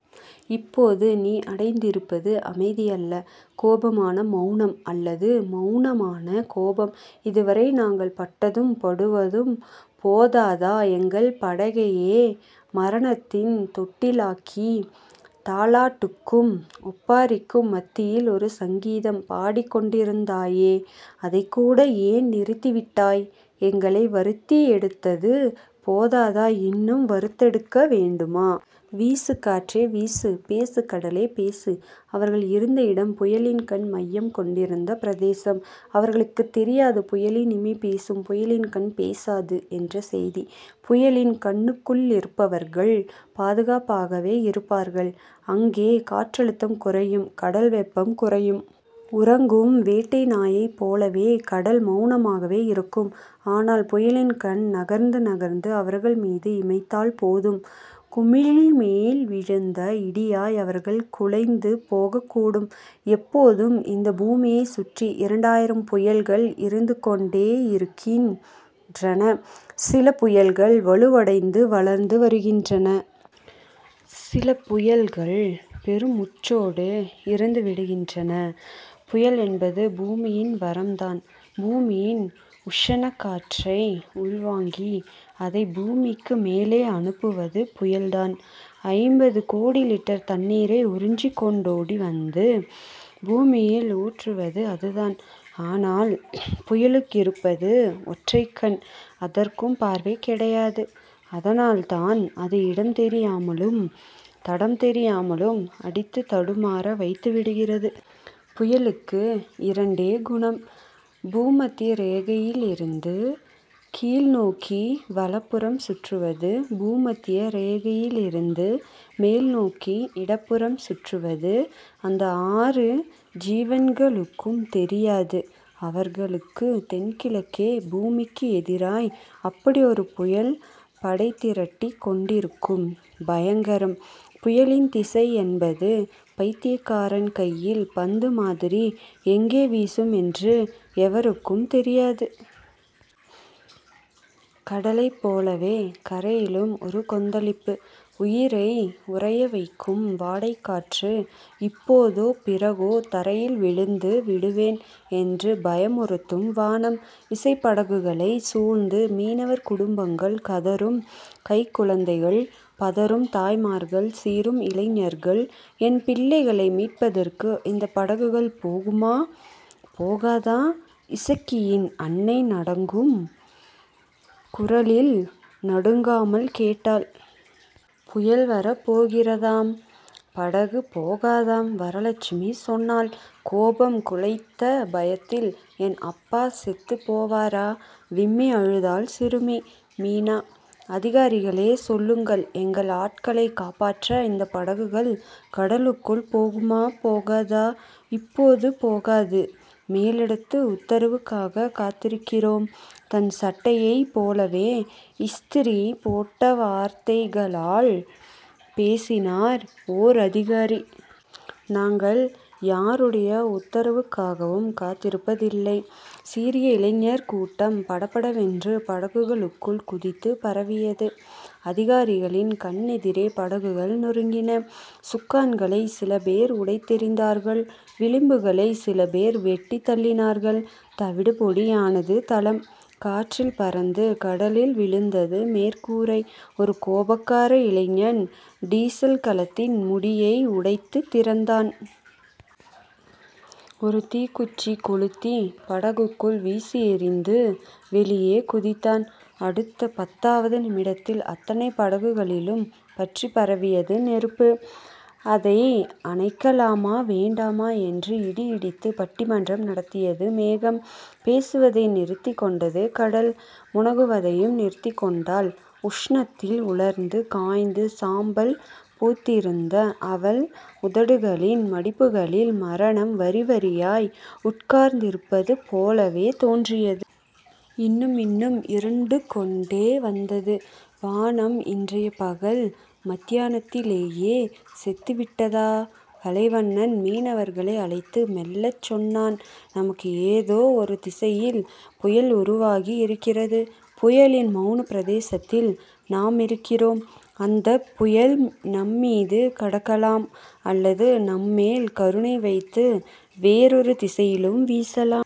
இப்போது நீ அடைந்திருப்பது அமைதி அல்ல. கோபமான மெளனம் அல்லது மெளனமான கோபம். இதுவரை நாங்கள் பட்டதும் படுவதும் போதாதா? எங்கள் படகையே மரணத்தின் தொட்டிலாக்கி, தாலாட்டுக்கும் ஒப்பாரிக்கும் மத்தியில் ஒரு சங்கீதம் பாடிக்கொண்டிருந்தாயே. அதைக்கூட ஏன் நிறுத்திவிட்டாய்? எங்களை வருத்தியெடுத்தது போதாதா? இன்னும் வறுத்தெடுக்க வேண்டுமா? வீசு காற்றே வீசு. பேசு கடலே பேசு. அவர்கள் இருந்த இடம், புயலின் கண் மையம் கொண்டிருந்த பிரதேசம். அவர்களுக்குத் தெரியாது புயலின் இமை பேசும். புயலின் கண் பேசாது என்ற செய்தி. புயலின் கண்ணுக்குள்ளிருப்பவர்கள் பாதுகாப்பாகவே இருப்பார்கள். அங்கே காற்றழுத்தம் குறையும். கடல்வெப்பம் குறையும். உறங்கும் வேட்டை நாயைப் போலவே கடல் மெளனமாகவே இருக்கும். ஆனால், புயலின் கண் நகர்ந்து நகர்ந்து அவர்கள் மீது இமைத்தால்போதும் குமிழிமேல் விழுந்த இடியாய் அவர்கள் குலைந்து போகக்கூடும். எப்போதும் இந்த பூமியைச் சுற்றி இரண்டாயிரம் புயல்கள் இருந்துகொண்டேயிருக்கின்றன. சில புயல்கள் வலுவடைந்து வளர்ந்து வருகின்றன. சில புயல்கள் பெருமுச்சோடு இறந்து விடுகின்றன. புயல் என்பது பூமியின் வரம்தான். பூமியின் உஷணக்காற்றை உள்வாங்கி, அதைப் பூமிக்கு மேலே அனுப்புவது புயல்தான். ஐம்பது கோடி லிட்டர் தண்ணீரை உறிஞ்சிக்கொண்டோடி வந்து பூமியில் ஊற்றுவது அதுதான். ஆனால், புயலுக்கிருப்பது ஒற்றைக்கண். அதற்கும் பார்வை கிடையாது. அதனால்தான் அது இடம் தெரியாமலும் தடம் தெரியாமலும் அடித்துத் தடுமாற வைத்து விடுகிறது. புயலுக்கு இரண்டே குணம். பூமத்திய ரேகையிலிருந்து கீழ்நோக்கி வலப்புறம் சுற்றுவது. பூமத்திய ரேகையிலிருந்து மேல்நோக்கி இடப்புறம் சுற்றுவது. அந்த ஆறு ஜீவன்களுக்கும் தெரியாது. அவர்களுக்குத் தென்கிழக்கே, பூமிக்கு எதிராய் அப்படி ஒரு புயல் படைதிரட்டிக் கொண்டிருக்கும் பயங்கரம். புயலின் திசை என்பது பைத்தியக்காரன் கையில் பந்து மாதிரி எங்கே வீசும் என்று எவருக்கும் தெரியாது. கடலைப்போலவே கரையிலும் ஒரு கொந்தளிப்பு. உயிரை உறையவைக்கும் வாடைக்காற்று. இப்போதோ பிறகோ தரையில் விழுந்து விடுவேன் என்று பயமுறுத்தும் வானம். விசைப்படகுகளைச் சூழ்ந்து மீனவர் குடும்பங்கள். கதறும் கைக்குழந்தைகள் பதறும் தாய்மார்கள் சீறும் இளைஞர்கள். என் பிள்ளைகளை மீட்பதற்கு இந்தப் படகுகள் போகுமா? போகாதா? இசக்கியின் அன்னை நடுங்கும் குரலில் நடுங்காமல் கேட்டாள். புயல் வரப்போகிறதாம். படகு போகாதாம். வரலட்சுமி சொன்னாள் கோபம் குழைத்த பயத்தில். என் அப்பா செத்துப் போவாரா? விம்மி அழுதாள் சிறுமி மீனா. அதிகாரிகளே சொல்லுங்கள். எங்கள் ஆட்களைக் காப்பாற்ற இந்தப் படகுகள் கடலுக்குள் போகுமா போகாதா? இப்போது போகாது. மேலிடத்து உத்தரவுக்காகக் காத்திருக்கிறோம். தன் சட்டையைப் போலவே இஸ்திரி போட்டவார்த்தைகளால் பேசினார் ஓர் அதிகாரி. நாங்கள் யாருடைய உத்தரவுக்காகவும் காத்திருப்பதில்லை சீறிய இளைஞர் கூட்டம் படபடவென்று படகுகளுக்குள் குதித்துப் பரவியது. அதிகாரிகளின் கண்ணெதிரே படகுகள் நொறுங்கின. சுக்கான்களைச் சிலபேர் உடைத்தெறிந்தார்கள். விளிம்புகளைச் சிலபேர் வெட்டித் தள்ளினார்கள். தவிடு பொடியானது தளம். காற்றில் பறந்து கடலில் விழுந்தது மேற்கூரை. ஒரு கோபக்கார இளைஞன் டீசல்கலத்தின் முடியை உடைத்துத் திறந்தான். ஒரு தீக்குச்சி கொளுத்திப் படகுக்குள் வீசியெறிந்து வெளியே குதித்தான். அடுத்த பத்தாவது நிமிடத்தில் அத்தனை படகுகளிலும் பற்றிப் பரவியது நெருப்பு. அதை அணைக்கலாமா வேண்டாமா என்று இடி இடித்துப் பட்டிமன்றம். நடத்தியது மேகம். பேசுவதை நிறுத்திக் கொண்டது கடல். முனகுவதையும் நிறுத்திக்கொண்டாள் உஷ்ணத்தில் உலர்ந்து, காய்ந்து சாம்பல் பூத்திருந்த அவள் உதடுகளின் மடிப்புகளில் மரணம் வரிவரியாய் உட்கார்ந்திருப்பது போலவே தோன்றியது. இன்னும், இன்னும், இருண்டுகொண்டே வந்தது வானம். இன்றைய பகல் மத்தியானத்திலேயே செத்துவிட்டதா? கலைவண்ணன் மீனவர்களை அழைத்து மெல்லச் சொன்னான் நமக்கு ஏதோ ஒரு திசையில் புயல் உருவாகி இருக்கிறது புயலின் மெளனப் பிரதேசத்தில் நாமிருக்கிறோம். அந்தப் புயல் நம்மீது கடக்கலாம் அல்லது நம்மேல் கருணைவைத்து வேறொரு திசையிலும் வீசலாம்.